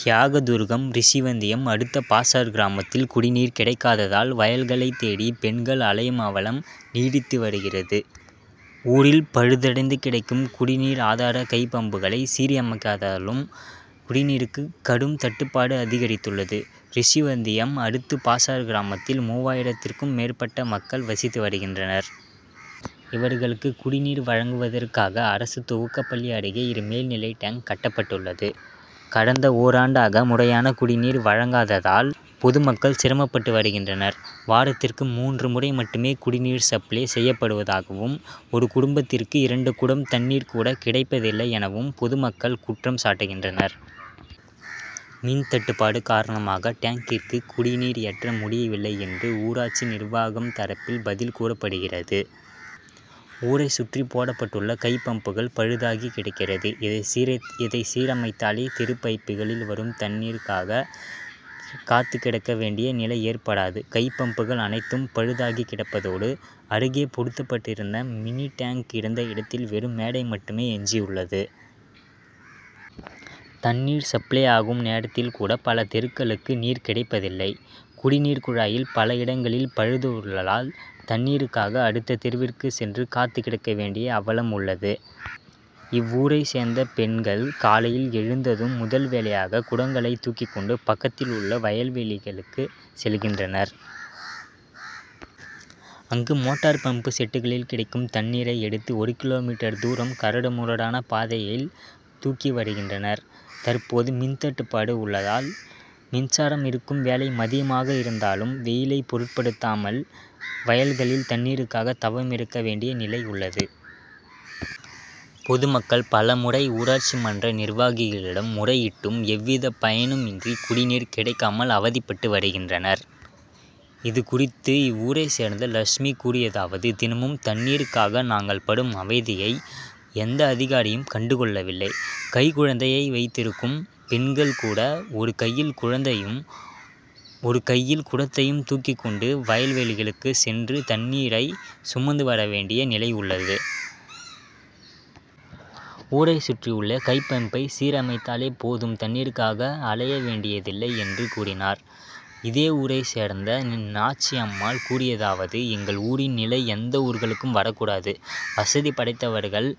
தியாகதுருகம் ரிஷிவந்தியம் அடுத்த பாசார் கிராமத் தில் குடிநீர் கிடைக்காததால் வயல்களை தேடி பெண்கள் அலையும் அவலம் நீடித்து வருகிறது. ஊரில் பழுதடைந்து கிடக்கும் குடிநீர் ஆதார கைப்பம்புகளை சீரமைக்காததாலும் குடிநீருக்கு கடும் தட்டுபாடு அதிகரித்துள்ளது. ரிஷிவந்தியம் அடுத்த பாசார் கிராமத்தில் மூவாயிரத்துக்கும் மேற்பட்ட மக்கள் வசித்து வருகின்றனர். இவர்களுக்கு குடிநீர் வழங்குவதற்காக அரசு துவக்கப் பள்ளி அருகே இரு மேல்நிலை டேங்க் கட்டப்பட்டுள்ளது. கடந்த ஓராண்டாக முறையான குடிநீர் வழங்காததால் பொதுமக்கள் சிரமப்பட்டு வருகின்றனர். வாரத்திற்கு மூன்று முறை மட்டுமே குடிநீர் சப்ளை செய்யப்படுவதாகவும் ஒரு குடும்பத்திற்கு இரண்டு குடம் தண்ணீர் கூட கிடைப்பதில்லை எனவும் பொதுமக்கள் குற்றம் சாட்டுகின்றனர். மின்தட்டுப் பாடு காரணமாக டேங்கிற்கு குடிநீர் ஏற்ற முடியவில்லை என்று ஊராட்சி நிர்வாகம் தரப்பில் பதில் கூறப்படுகிறது. ஊரை சுற்றி போடப்பட்டுள்ள கைப் பம்புகள் பழுதாகி கிடக்கிறது. இதை சீரமைத்தாலே தெரு பைப்பில் வரும் தண்ணீருக்காக காத்துக்கிடக்க வேண்டிய நிலை ஏற்படாது. கைப்பம்புகள் அனைத்தும் பழுதாகி கிடப்பதோடு அருகே பொருத்தப்பட்டிருந்த மினி டேங்க் இருந்த இடத்தில் வெறும் மேடை மட்டுமே எஞ்சியுள்ளது. தண்ணீர் சப்ளை ஆகும் நேரத்தில் கூட பல தெருக்களுக்கு நீர் கிடைப்பதில்லை. குடிநீர் குழாயில் பல இடங்களில் பழுது உள்ளதால் தண்ணீருக்காக அடுத்த தெருவிற்கு சென்று காத்துக்கிடக்கவேண்டிய அவலம் உள்ளது. இவ்வூரை சேர்ந்த பெண்கள் காலையில் எழுந்ததும் முதல் வேலையாக குடங்களை தூக்கிக்கொண்டு பக்கத்தில் உள்ள வயல்வெளிகளுக்குச் செல்கின்றனர். அங்கு மோட் டார் பம்பு செட்டுகளில் கிடைக்கும் தண்ணீரை எடுத்து ஒரு கி. மீ. தூரம் கரடு முரடான பாதையில் தூக்கி வருகின்றனர். தற்போது மின்தட்டுபாடு உள்ளதால் மின்சாரம் இருக்கும் வேளை மதியமாக இருந்தாலும் வெயிலை பொருட்படுத்தாமல் வயல்களில் தண்ணீருக்காக தவமிருக்க வேண்டிய நிலை உள்ளது. பொதுமக்கள் பலமுறை ஊராட்சி மன்ற நிர்வாகிகளிடம் முறையிட்டும் எவ் வித பயனுமின்றி குடிநீர் கிடைக்காமல் அவதிப்பட்டு வருகின்றனர். இதுகுறித்து இவ்வூரை சேர்ந்த லட்சுமி கூறியதாவது தினமும் தண்ணீருக்காக நாங்கள் படும் அவதியை எந்த அதிகாரியும் கண்டு கொள்ளவில்லை. கைக்குழந்தை வைத்திருக்கும் பெண்கள் கூட ஒரு கையில் குழந் தையும் ஒரு கையில் குடத்தையும் தூக் கிக் கொண்டு வயல்வெளிகளுக்கு சென்று தண் ணீரை சுமந்து வர வேண் டிய நிலை உள் ளது. ஊரை சுற்றியுள்ள கைப் பம்பை சீரமைத் தாலே போதும் தண்ணீருக் காக அலைய வேண்டியதில்லை என்று கூறினார். இதே ஊரை சேர்ந்த நாச்சியம்மாள் கூறியதாவது எங்கள் ஊரின் நிலை எந்த ஊர்மக்களுக்கும் வரக்கூடாது. வசதி படைத்தவர் கள்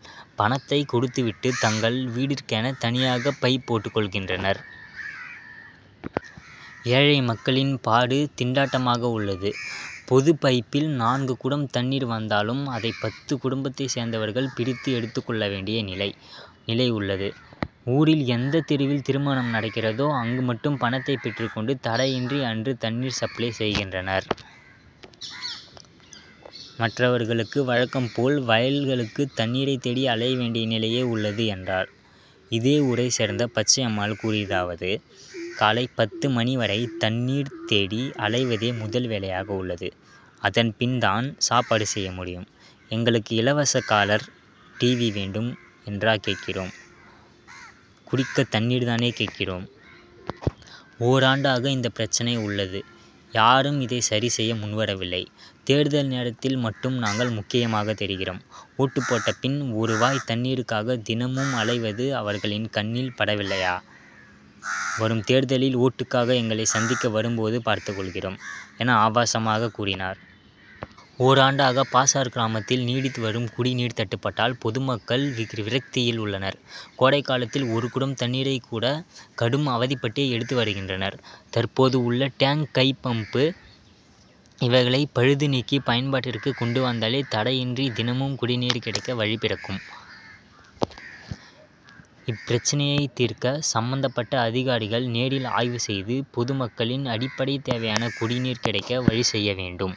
பணத்தை கொடுத்துவிட்டு தங்கள் வீட்டிற்கென தனியாக பைப் போட்டு கொள்கின்றனர். ஏழை மக்களின் பாடு திண்டாட் டமாக உள்ளது. பொது பைப்பில் நான்கு குடம் தண்ணீர் வந் தாலும் அதை பத்து குடும்பத்தை சேர்ந்தவர்கள் பிரித்து எடுத்துக் கொள்ள வேண்டிய நிலை உள்ளது. ஊரில் எந்த தெருவில் திருமணம் நடக்கிறதோ அங்கு மட்டும் பணத்தை பெற்றுக் கொண்டு தடையின்றி அன்று தண்ணீர் சப்ளை செய்கின்றனர். மற்றவர்கள் வழக்கம் போல் வயல்களுக்கு தண்ணீரை தேடி அலையவேண் டிய நிலையே உள்ளது என்றார். இதே ஊரை சேர்ந்த பச்சையம்மாள் கூறியதாவது காலை பத்து மணிவரை தண்ணீர் தேடி அலைவதே முதல்வேலையாக உள்ளது. அதன் பின் தான் சாப்பாடு செய்யமுடியும். எங்களுக்கு இலவச கலர் டிவி வேண்டும் என்றா கேட்கிறோம் குடிக்க தண்ணீர் தானே கேட்கிறோம். ஓராண் டாக இந்த பிரச்னை உள் ளது யாரும் இதை சரிசெய்ய முன்வரவில்லை. தேர் தல் நேரத்தில் மட்டும் நாங்கள் முக்கியமாக தெரிகிறோம் ஓட்டுபோட்ட பின் ஒருவாய் தண்ணீருக்காக தினமும் அலைவது அவர்கள் கண்ணில் படவில்லையா. வரும் தேர்தலில் ஓட்டுக்காக எங்களை சந்திக்க வரும்போது பார்த்துக் கொள்கிறோம் என ஆவேசமாக கூறினார். ஓராண்டாக பாசார் கிராமத்தில் நீடித்து வரும் குடிநீர் தட்டுப்பாட்டால் பொதுமக்கள் விரக்தியில் உள்ளனர். கோடைகாலத்தில் ஒரு குடம் தண்ணீரை கூட கடும் அவதிப்பட்டே எடுத்து வருகின்றனர். தற்போது உள்ள டேங்க் கைப்பம்பு இவைகளை பழுது நீக்கி பயன் பாட்டிற்கு கொண்டு வந்தாலே தடையின்றி தினமும் குடிநீர் கிடைக்க வழிபிறக்கும். இப்பிரச்னையை தீர்க்க சம்பந்தப்பட்ட அதிகாரிகள் நேரில் ஆய்வு செய்து மக்களின் அடிப் படை தேவையான குடிநீர் கிடைக்க வழி செய்ய வேண்டும்.